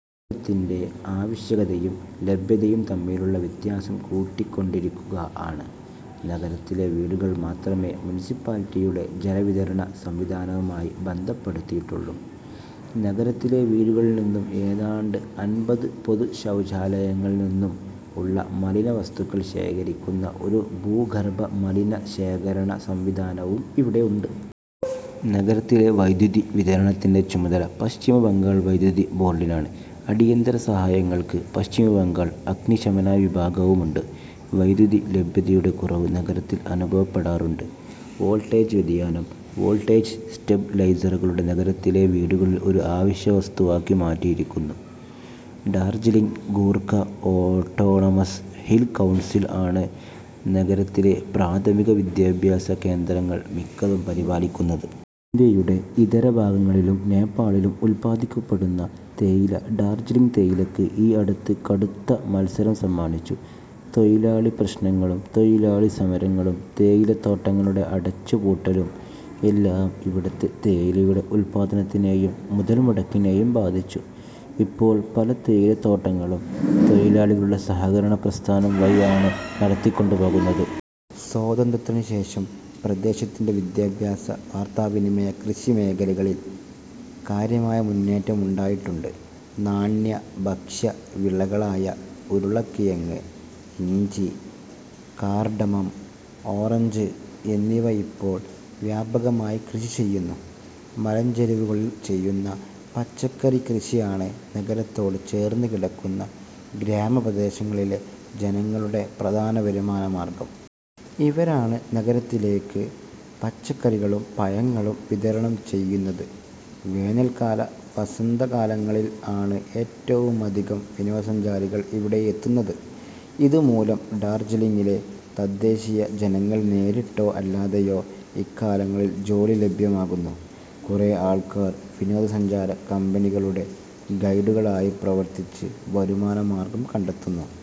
വെള്ളത്തിന്റെ ആവശ്യകതയും ലഭ്യതയും തമ്മിലിലുള്ള വ്യത്യാസം കൂടികൊണ്ടിരിക്കുക ആണ്. നഗരത്തിലെ വീടുകൾ മാത്രമേ മുൻസിപ്പാലിറ്റിയുടെ ജല വിതരണ സംവിധാനവുമായി ബന്ധപ്പെടുത്തിയിട്ടുള്ളൂ. നഗരത്തിലെ വീടകളിൽ നിന്നും ഏതാണ്ട് അൻപത് പൊതു ശൌചാലയങ്ങളിൽ നിന്നും ഉള്ള മലിന വസ്തുക്കൾ ശേഖരിക്കുന്ന ഒരു ഭൂഗർഭ മലിന ശേഖരണ സംവിധാനവും ഇവിടെ ഉണ്ട്. നഗരത്തിലെ വൈദ്യുതി വിതരണത്തിന്റെ ചുമതല പശ്ചിമ ബംഗാൾ വൈദ്യുതി ബോർഡിനാണ്. അടിയന്തര സഹായങ്ങൾക്ക് പശ്ചിമ ബംഗാൾ അഗ്നി ശമന വിഭാഗവും ഉണ്ട്. വൈദ്യുതി ലഭ്യതയുടെ കുറവ് നഗരത്തിൽ അനുഭവപ്പെടാറുണ്ട്. വോൾട്ടേജ് വ്യതിയാനം വോൾട്ടേജ് സ്റ്റെബ് ലൈസറുകളെ നഗരത്തിലെ വീടുകളിൽ ഒരു ആവശ്യ വസ്തുവാക്കി മാറ്റിയിരിക്കുന്നു. Darjeeling Gorkha autonomous hill council ആണ് നഗരത്തിലെ പ്രാഥമിക വിദ്യാഭ്യാസ കേന്ദ്രങ്ങൾ മിക്കതും പരിപാലിക്കുന്നത്. ഇന്ത്യയുടെ ഇതരഭാഗങ്ങളിലും നേപ്പാളിലും ഉല്പാദിപ്പിക്കപ്പെടുന്ന തേയില ഡാർജീലിംഗ് തേയിലയ്ക്ക് ഈ അടുത്ത് കടുത്ത മത്സരം സമ്മാനിച്ചു. തൊഴിലാളി പ്രശ്നങ്ങളും, തൊഴിലാളി സമരങ്ങളും, തേയിലത്തോട്ടങ്ങളുടെ അടച്ചുപൂട്ടലും എല്ലാം ഇവിടുത്തെ തേയിലയുടെ ഉത്പാദനത്തിനെയും മുതൽമുടക്കിനേയും ബാധിച്ചു. ഇപ്പോൾ പല തേയിലത്തോട്ടങ്ങളും തൊഴിലാളികളുടെ സഹകരണ പ്രസ്ഥാനം വഴി ആണ് നടത്തികൊണ്ടുപോകുന്നത്. സ്വാതന്ത്രത്തിനു ശേഷം പ്രദേശത്തിന്റെ വിദ്യാഭ്യാസ, വാർത്താവിനിമയ, കൃഷി മേഖലകളിൽ കാര്യമായ മുന്നേറ്റം ഉണ്ടായിട്ടുണ്ട്. നാണ്യ/ഭക്ഷ്യ വിളകളായ ഉരുളക്കിഴങ്ങ്, ഇഞ്ചി, കാർഡമം, ഓറഞ്ച് എന്നിവ ഇപ്പോൾ വ്യാപകമായി കൃഷി ചെയ്യുന്നു. മലഞ്ചെരിവുകളിൽ ചെയ്യുന്ന പച്ചക്കറി കൃഷി ആണ് നഗരത്തോട് ചേർന്ന് കിടക്കുന്ന ഗ്രാമപ്രദേശങ്ങളിലെ ജനങ്ങളുടെ പ്രധാന വരുമാന മാർഗ്ഗം. ഇവരാണ് നഗരത്തിലേക്ക് പച്ചക്കറികളും പഴങ്ങളും വിതരണം ചെയ്യുന്നത്. വേനൽക്കാല വസന്തകാലങ്ങളിൽ ആണ് ഏറ്റവും അധികം വിനോദ സഞ്ചാരികൾ ഇവിടെ എത്തുന്നത്. ഇതു മൂലം ഡാർജീലിംഗിലെ തദേശ്ശീയ ജനങ്ങൾ നേരിട്ടോ അല്ലാതെയോ ഇക്കാലങ്ങളിൽ ജോലി ലഭ്യമാകുന്നു. കുറേ ആൾക്കാർ വിനോദസഞ്ചാര കമ്പനികളുടെ ഗൈഡുകൾ ആയി പ്രവർത്തിച്ച് വരുമാന മാർഗ്ഗം കണ്ടെത്തുന്നു.